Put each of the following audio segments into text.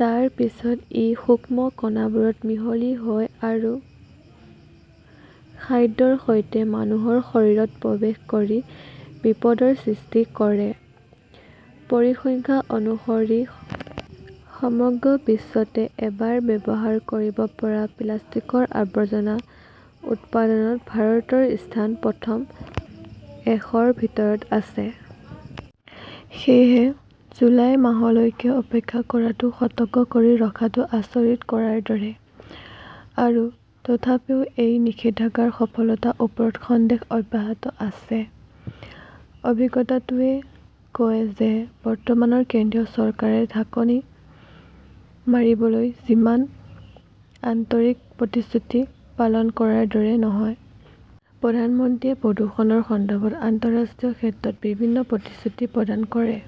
তাৰ পিছত ই সূক্ষ্ম কণাবোৰত মিহলি হয় আৰু খাদ্যৰ সৈতে মানুহৰ শৰীৰত প্ৰৱেশ কৰি বিপদৰ সৃষ্টি কৰে। পৰিসংখ্যা অনুসৰি সমগ্ৰ বিশ্বতে এবাৰ ব্যৱহাৰ কৰিব পৰা প্লাষ্টিকৰ আৱৰ্জনা উৎপাদনত ভাৰতৰ স্থান প্ৰথম এশৰ ভিতৰত আছে। সেয়েহে, জুলাই মাহলৈকে অপেক্ষা কৰাটো, সতৰ্ক কৰি ৰখাটো আচৰিত কৰাৰ দৰে। আৰু তথাপিও এই নিষেধাজ্ঞা সফলতাৰ ওপৰত সন্দেহ অব্যাহত আছে। অভিজ্ঞতাটোৱে কয় যে বৰ্তমানৰ কেন্দ্ৰীয় চৰকাৰে ঢাকনি মাৰিবলৈ যিমান আন্তৰিক, প্ৰতিশ্ৰুতি পালন কৰাৰ দৰে নহয়। প্ৰধানমন্ত্ৰীয়ে প্ৰদূষণৰ সন্দৰ্ভত আন্তঃৰাষ্ট্ৰীয় ক্ষেত্ৰত বিভিন্ন প্ৰতিশ্ৰুতি প্ৰদান কৰে।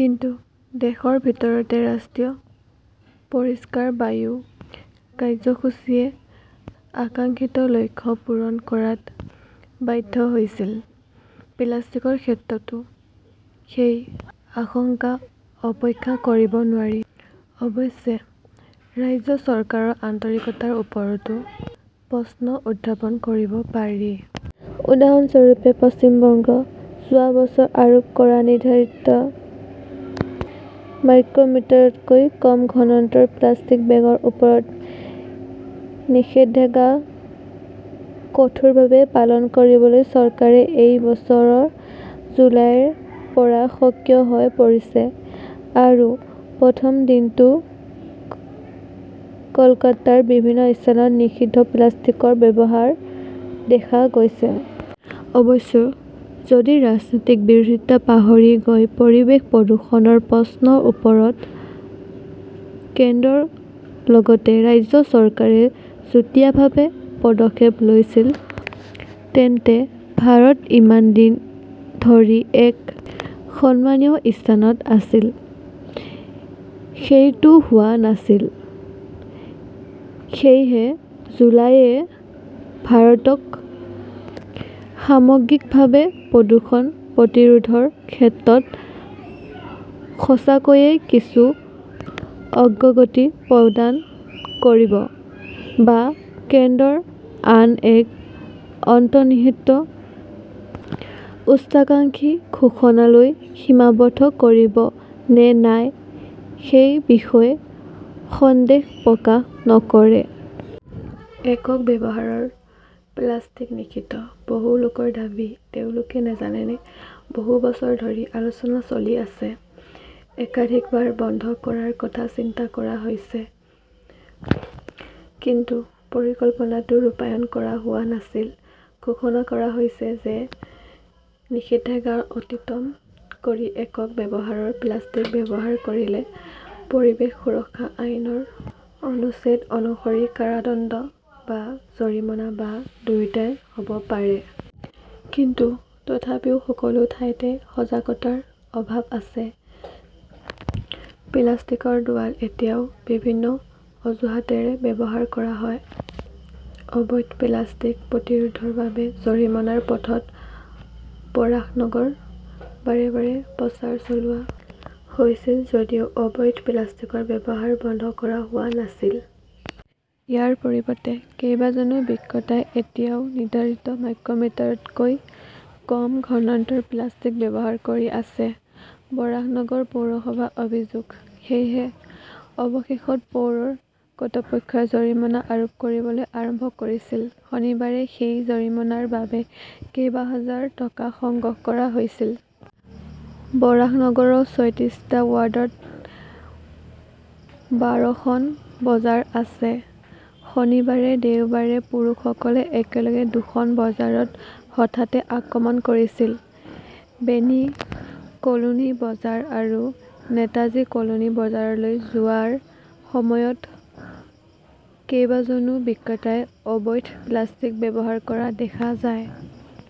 কিন্তু দেশৰ ভিতৰতে ৰাষ্ট্ৰীয় পৰিষ্কাৰ বায়ু কাৰ্যসূচীয়ে আকাংক্ষিত লক্ষ্য পূৰণ কৰাত ব্যৰ্থ হৈছিল। প্লাষ্টিকৰ ক্ষেত্ৰতো সেই আশংকা অপেক্ষা কৰিব নোৱাৰি। অৱশ্যে, ৰাজ্য চৰকাৰৰ আন্তৰিকতাৰ ওপৰতো প্ৰশ্ন উত্থাপন কৰিব পাৰি। উদাহৰণস্বৰূপে, পশ্চিমবংগ। যোৱা বছৰ আৰোপ কৰা নিৰ্ধাৰিত মাইক্ৰমিটাৰতকৈ কম ঘনত্বৰ প্লাষ্টিক বেগৰ ওপৰত নিষেধাজ্ঞা কঠোৰভাৱে পালন কৰিবলৈ চৰকাৰে এই বছৰৰ জুলাইৰ পৰা সক্ৰিয় হৈ পৰিছে। আৰু প্ৰথম দিনতো কলকাতাৰ বিভিন্ন স্থানত নিষিদ্ধ প্লাষ্টিকৰ ব্যৱহাৰ দেখা গৈছে। অৱশ্যে, যদি ৰাজনৈতিক বিৰোধিতা পাহৰি গৈ পৰিৱেশ প্ৰদূষণৰ প্ৰশ্নৰ ওপৰত কেন্দ্ৰৰ লগতে ৰাজ্য চৰকাৰে যুটীয়াভাৱে পদক্ষেপ লৈছিল তেন্তে ভাৰত ইমান দিন ধৰি এক সন্মানীয় স্থানত আছিল। সেইটো হোৱা নাছিল। সেয়েহে, জুলাইয়ে ভাৰতক সামগ্ৰিকভাৱে প্ৰদূষণ প্ৰতিৰোধৰ ক্ষেত্ৰত সঁচাকৈয়ে কিছু অগ্ৰগতি প্ৰদান কৰিব, বা কেন্দ্ৰৰ আন এক অন্তৰ্নিহিত উচ্চাকাংক্ষী ঘোষণালৈ সীমাবদ্ধ কৰিব নে নাই সেই বিষয়ে সন্দেহ প্ৰকাশ নকৰে। একক ব্যৱহাৰৰ প্লাষ্টিক নিষিদ্ধ, বহু লোকৰ দাবী তেওঁলোকে নাজানেনে? বহু বছৰ ধৰি আলোচনা চলি আছে। একাধিকবাৰ বন্ধ কৰাৰ কথা চিন্তা কৰা হৈছে। কিন্তু পৰিকল্পনাটো ৰূপায়ণ কৰা হোৱা নাছিল। ঘোষণা কৰা হৈছে যে নিষেধাজ্ঞা অতিক্ৰম কৰি একক ব্যৱহাৰৰ প্লাষ্টিক ব্যৱহাৰ কৰিলে পৰিৱেশ সুৰক্ষা আইনৰ অনুচ্ছেদ অনুসৰি কাৰাদণ্ড বা জৰিমনা বা দুয়োটাই হ'ব পাৰে। কিন্তু তথাপিও সকলো ঠাইতে সজাগতাৰ অভাৱ আছে। প্লাষ্টিকৰ দেৱাল এতিয়াও বিভিন্ন অজুহাতৰে ব্যৱহাৰ কৰা হয়। অবৈধ প্লাষ্টিক প্ৰতিৰোধৰ বাবে জৰিমনাৰ পথত বৰাহনগৰ বাৰে বাৰে প্ৰচাৰ চলোৱা হৈছিল যদিও অবৈধ প্লাষ্টিকৰ ব্যৱহাৰ বন্ধ কৰা হোৱা নাছিল। ইয়াৰ পৰিৱৰ্তে, কেইবাজনো বিক্ৰেতাই এতিয়াও নিৰ্ধাৰিত মাইক্ৰমিটাৰতকৈ কম ঘনত্বৰ প্লাষ্টিক ব্যৱহাৰ কৰি আছে, বৰাহনগৰ পৌৰসভাৰ অভিযোগ। সেয়েহে অৱশেষত পৌৰ কৰ্তৃপক্ষই জৰিমনা আৰোপ কৰিবলৈ আৰম্ভ কৰিছিল। শনিবাৰে সেই জৰিমনাৰ বাবে কেইবাহাজাৰ টকা সংগ্ৰহ কৰা হৈছিল। বৰাহনগৰৰ চৌত্ৰিশটা ৱাৰ্ডত বাৰখন বজাৰ আছে। শুক্ৰবাৰে দেওবাৰে পুৰুষসকলে একেলগে দুখন বজাৰত হঠাতে আক্ৰমণ কৰিছিল। বেনী কলোনী বজাৰ আৰু‌ নেতাজী কলোনী বজাৰলৈ যোৱাৰ সময়ত কেইবাজনো বিক্ৰেতাই অবৈধ প্লাষ্টিক ব্যৱহাৰ কৰা‌‌ দেখা যায়।